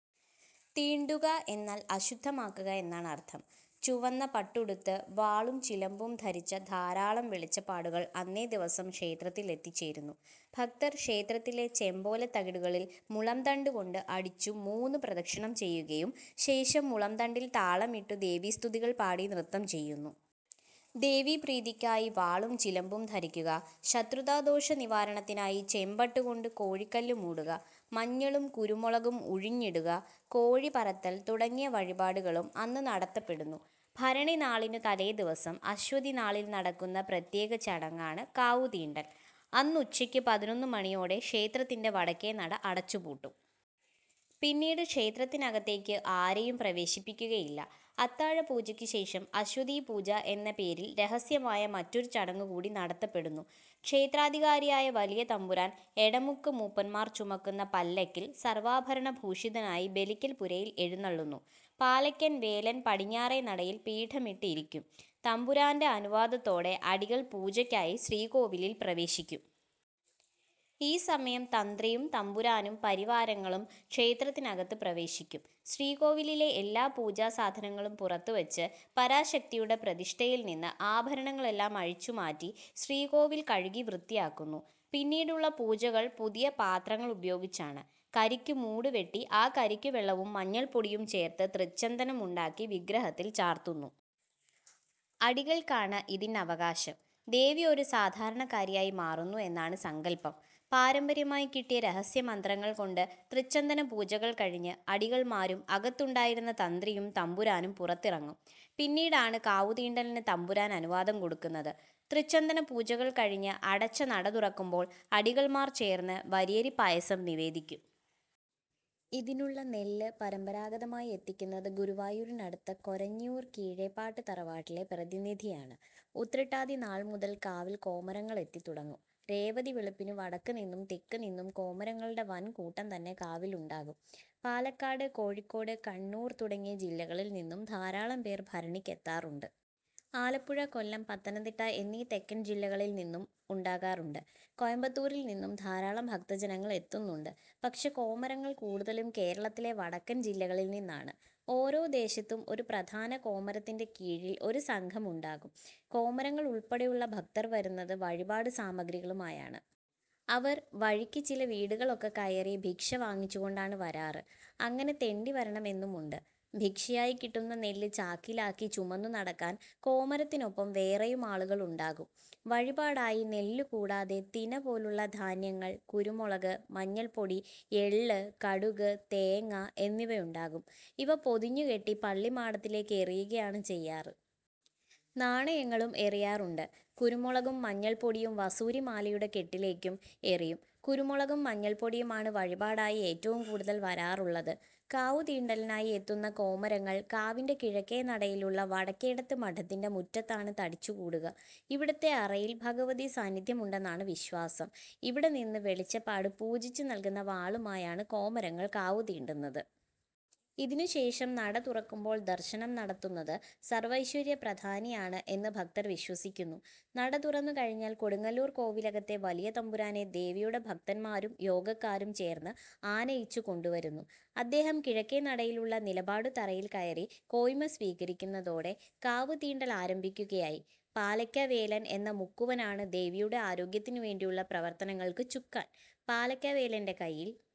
"തീണ്ടുക" എന്നാൽ അശുദ്ധമാക്കുക എന്നാണ് അർത്ഥം. ചുവന്ന പട്ടുടുത്ത് വാളും ചിലമ്പും ധരിച്ച ധാരാളം വെളിച്ചപ്പാടുകൾ അന്നേ ദിവസം ക്ഷേത്രത്തിൽ എത്തിച്ചേരുന്നു. ഭക്തർ ക്ഷേത്രത്തിലെ ചെമ്പോല തകിടുകളിൽ മുളംതണ്ട് കൊണ്ട് അടിച്ചു മൂന്ന് പ്രദക്ഷിണം ചെയ്യുകയും ശെഷം മുളംതണ്ടിൽ താളമിട്ടു ദേവീസ്തുതികൾ പാടി നൃത്തം ചെയ്യുന്നു. ദേവീ പ്രീതിക്കായി വാളും ചിലമ്പും ധരിക്കുക, ശത്രുതാദോഷ നിവാരണത്തിനായി ചെമ്പട്ട് കൊണ്ട് കോഴിക്കല്ല് മൂടുക, മഞ്ഞളും കുരുമുളകും ഉഴിഞ്ഞിടുക, കോഴി പറത്തൽ തുടങ്ങിയ വഴിപാടുകളും അന്ന് നടത്തപ്പെടുന്നു. ഭരണിനാളിനു തലേദിവസം അശ്വതി നാളിൽ നടക്കുന്ന പ്രത്യേക ചടങ്ങാണ്. കാവുതീണ്ടൽ. അന്ന് ഉച്ചക്ക് പതിനൊന്നുമണിയോടെ ക്ഷേത്രത്തിൻറെ വടക്കേ നട അടച്ചുപൂട്ടും. പിന്നീട് ക്ഷേത്രത്തിനകത്തേക്ക് ആരേയും പ്രവേശിപ്പിക്കുകയില്ല. അത്താഴപൂജക്ക് ശേഷം "അശ്വതീപൂജ" എന്ന പേരിൽ രഹസ്യമായ മറ്റൊരു ചടങ്ങൂകൂടി നടത്തപ്പെടുന്നു. ക്ഷേത്രാധികാരിയായ വലിയ തമ്പുരാൻ, എടമുക്ക് മൂപ്പന്മാർ ചുമക്കുന്ന പല്ലക്കിൽ സർവാഭരണഭൂഷിതനായി ബലിക്കൽ പുരയിൽ എഴുന്നെള്ളുന്നു. പാലയ്ക്കൽ വേലൻ പടിഞ്ഞാരെ നടയിൽ പീഠമിട്ട് ഇരിക്കും. തമ്പുരാന്റെ അനുവാദത്തോടെ അടികൾ പൂജക്കായി ശ്രീക്കോവിലിൽ പ്രവേശിക്കും. ഈ സമയം തന്ത്രിയും തമ്പുരാനും പരിവാരങ്ങളും ക്ഷേത്രത്തികത്ത് പ്രവേശിക്കും. ശ്രീകോവിലിലെ എല്ലാ പൂജാസാധങ്ങളും പുറത്തുവെച്ച്, പരാശക്തിയുടെ പ്രതിഷ്ഠയിൽ നിന്ന് ആഭരണങ്ങൾ എല്ലാം അഴിച്ചുമാറ്റി, ശ്രീകോവിൽ കഴുകി വൃത്തിയാക്കുന്നു. പിന്നീടുള്ള പൂജകൾ പുതിയ പാത്രങ്ങൾ ഉപയോഗിച്ചാണ്. കരിക്ക് മൂട് വെട്ടി ആ കരിക്കുവെള്ളവും മഞ്ഞൾപ്പൊടിയും ചേർത്ത് തൃച്ചന്ദനമുണ്ടാക്കി, വിഗ്രഹത്തിൽ ചാർത്തുന്നു. അടികൾക്കാണ് ഇതിന്നവകാശം. ദേവി ഒരു സാധാരണക്കാരിയായി മാറുന്നു എന്നാണ് സങ്കൽപ്പം. പാരമ്പര്യമായി കിട്ടിയ രഹസ്യമന്ത്രങ്ങൾ കൊണ്ട് തൃച്ചന്ദനപൂജകൾ കഴിഞ്ഞ് അടികൾമാരും അകത്തുണ്ടായിരുന്ന തന്ത്രിയും തമ്പുരാനും പുറത്തിറങ്ങും. പിന്നീടാണ് കാവുതീണ്ടലിന് തമ്പുരാൻ അനുവാദം കൊടുക്കുന്നത്. തൃച്ചന്ദനപൂജകൾ കഴിഞ്ഞ് അടച്ച നട തുറക്കുമ്പോൾ അടികൾമാർ ചേർന്ന് വരിയരി പായസം നിവേദിക്കും. ഇതിനുള്ള നെല്ല് പരമ്പരാഗതമായി എത്തിക്കുന്നത് ഗുരുവായൂരിനടുത്ത കൊരഞ്ഞിയൂർ കീഴേപ്പാട്ട് തറവാട്ടിലെ പ്രതിനിധിയാണ്. ഉത്രട്ടാതി നാൾ മുതൽ കാവിൽ കോമരങ്ങൾ എത്തിത്തുടങ്ങും. രേവതിവെളുപ്പിന് വടക്കുനിന്നും തെക്കുനിന്നും കോമരങ്ങളുടെ വൻ കൂട്ടം തന്നെ കാവിൽ ഉണ്ടാകും. പാലക്കാട്, കോഴിക്കോട്, കണ്ണൂർ തുടങ്ങിയ ജില്ലകളിൽ നിന്നും ധാരാളം പേർ ഭരണിക്ക് എത്താറുണ്ട്. ആലപ്പുഴ, കൊല്ലം, പത്തനംതിട്ട എന്നീ തെക്കൻ ജില്ലകളിൽ നിന്നും ഉണ്ടാകാറുണ്ട്. കോയമ്പത്തൂരിൽ നിന്നും ധാരാളം ഭക്തജനങ്ങൾ എത്തുന്നുണ്ട്. പക്ഷേ കോമരങ്ങൾ കൂടുതലും കേരളത്തിലെ വടക്കൻ ജില്ലകളിൽ നിന്നാണ്. ഓരോ ദേശത്തും ഒരു പ്രധാന കോമരത്തിന്റെ കീഴിൽ ഒരു സംഘം ഉണ്ടാകും. കോമരങ്ങൾ ഉൾപ്പെടെയുള്ള ഭക്തർ വരുന്നത് വഴിപാടുസാമഗ്രികളുമായാണ്. അവർ, വഴിക്ക് ചില വീടുകളൊക്കെകയറി ഭിക്ഷ വാങ്ങിച്ചുകൊണ്ടാണ് വരാറ്. അങ്ങനെ തെണ്ടി വരണം എന്നുമുണ്ട്. ഭിക്ഷയായി കിട്ടുന്ന നെല്ല് ചാക്കിലാക്കി ചുമന്നുനടക്കാൻ കോമരത്തിനൊപ്പം വേറെയും ആളുകൾ ഉണ്ടാകും. വഴിപാടായി നെല്ല് കൂടാതെ തിനപോലുള്ള ധാന്യങ്ങൾ, കുരുമുളക്, മഞ്ഞൾപ്പൊടി, എള്ള്, കടുക്, തേങ്ങ എന്നിവയുണ്ടാകും. ഇവ പൊതിഞ്ഞുകെട്ടി പള്ളിമാടത്തിലേക്ക് എറിയുകയാണ് ചെയ്യാറ്. നാണയങ്ങളും എറിയാറുണ്ട്. കുരുമുളകും മഞ്ഞൾപ്പൊടിയും വസൂരിമാലയുടെ കെട്ടിലേക്കും എറിയും. കുരുമുളകും മഞ്ഞൾപ്പൊടിയുമാണ് വഴിപാടായി ഏറ്റവും കൂടുതൽ വരാറുള്ളത്. കാവുതീണ്ടലിനായി എത്തുന്ന കോമരങ്ങൾ കാവിന്റെ കിഴക്കേ നടയിലുള്ള വടക്കേടത്ത് മഠത്തിന്റെ മുറ്റത്താണ് തടിച്ചുകൂടുക. ഇവിടത്തെ അറയിൽ ഭഗവതി സാന്നിദ്ധ്യമുണ്ടെന്നാണ് വിശ്വാസം. ഇവിടെ നിന്ന് വെളിച്ചപ്പാട് പൂജിച്ചു നൽകുന്ന വാളുമായാണ് കോമരങ്ങൾ കാവുതീണ്ടുന്നത്. ഇതിനുശേഷം നടതുറക്കുമ്പോൾ ദർശനം നടത്തുന്നത് സർവൈശ്വര്യപ്രധാനിയാണ് എന്ന് ഭക്തർ വിശ്വസിക്കന്നു. നടതുറന്നു കഴിഞ്ഞാൽ കൊടുങ്ങല്ലൂർ കോവിലകത്തെ വലിയ തമ്പുരാനെ ദേവിയുടെ ഭക്തന്മാരും യോഗക്കാരും ചേർന്ന് ആനയിച്ച് കൊണ്ടുവരുന്നു. അദ്ദേഹം കിഴക്കേ നടയിലുള്ള നിലപാടുതറയിൽകയറി കോയ്മ സ്വീകരിക്കുന്നതോടെ കാവ്തീണ്ടൽ ആരംഭിക്കുകയായി. പാലക്കവേലൻ എന്ന മുക്കുവനാണ് ദേവിയുടെ ആരോഗ്യത്തിനുവേണ്ടിയുള്ള പ്രവർത്തനങ്ങൾക്ക് ചുക്കാൻ. പാലക്കവേലന്റെ കയ്യിൽ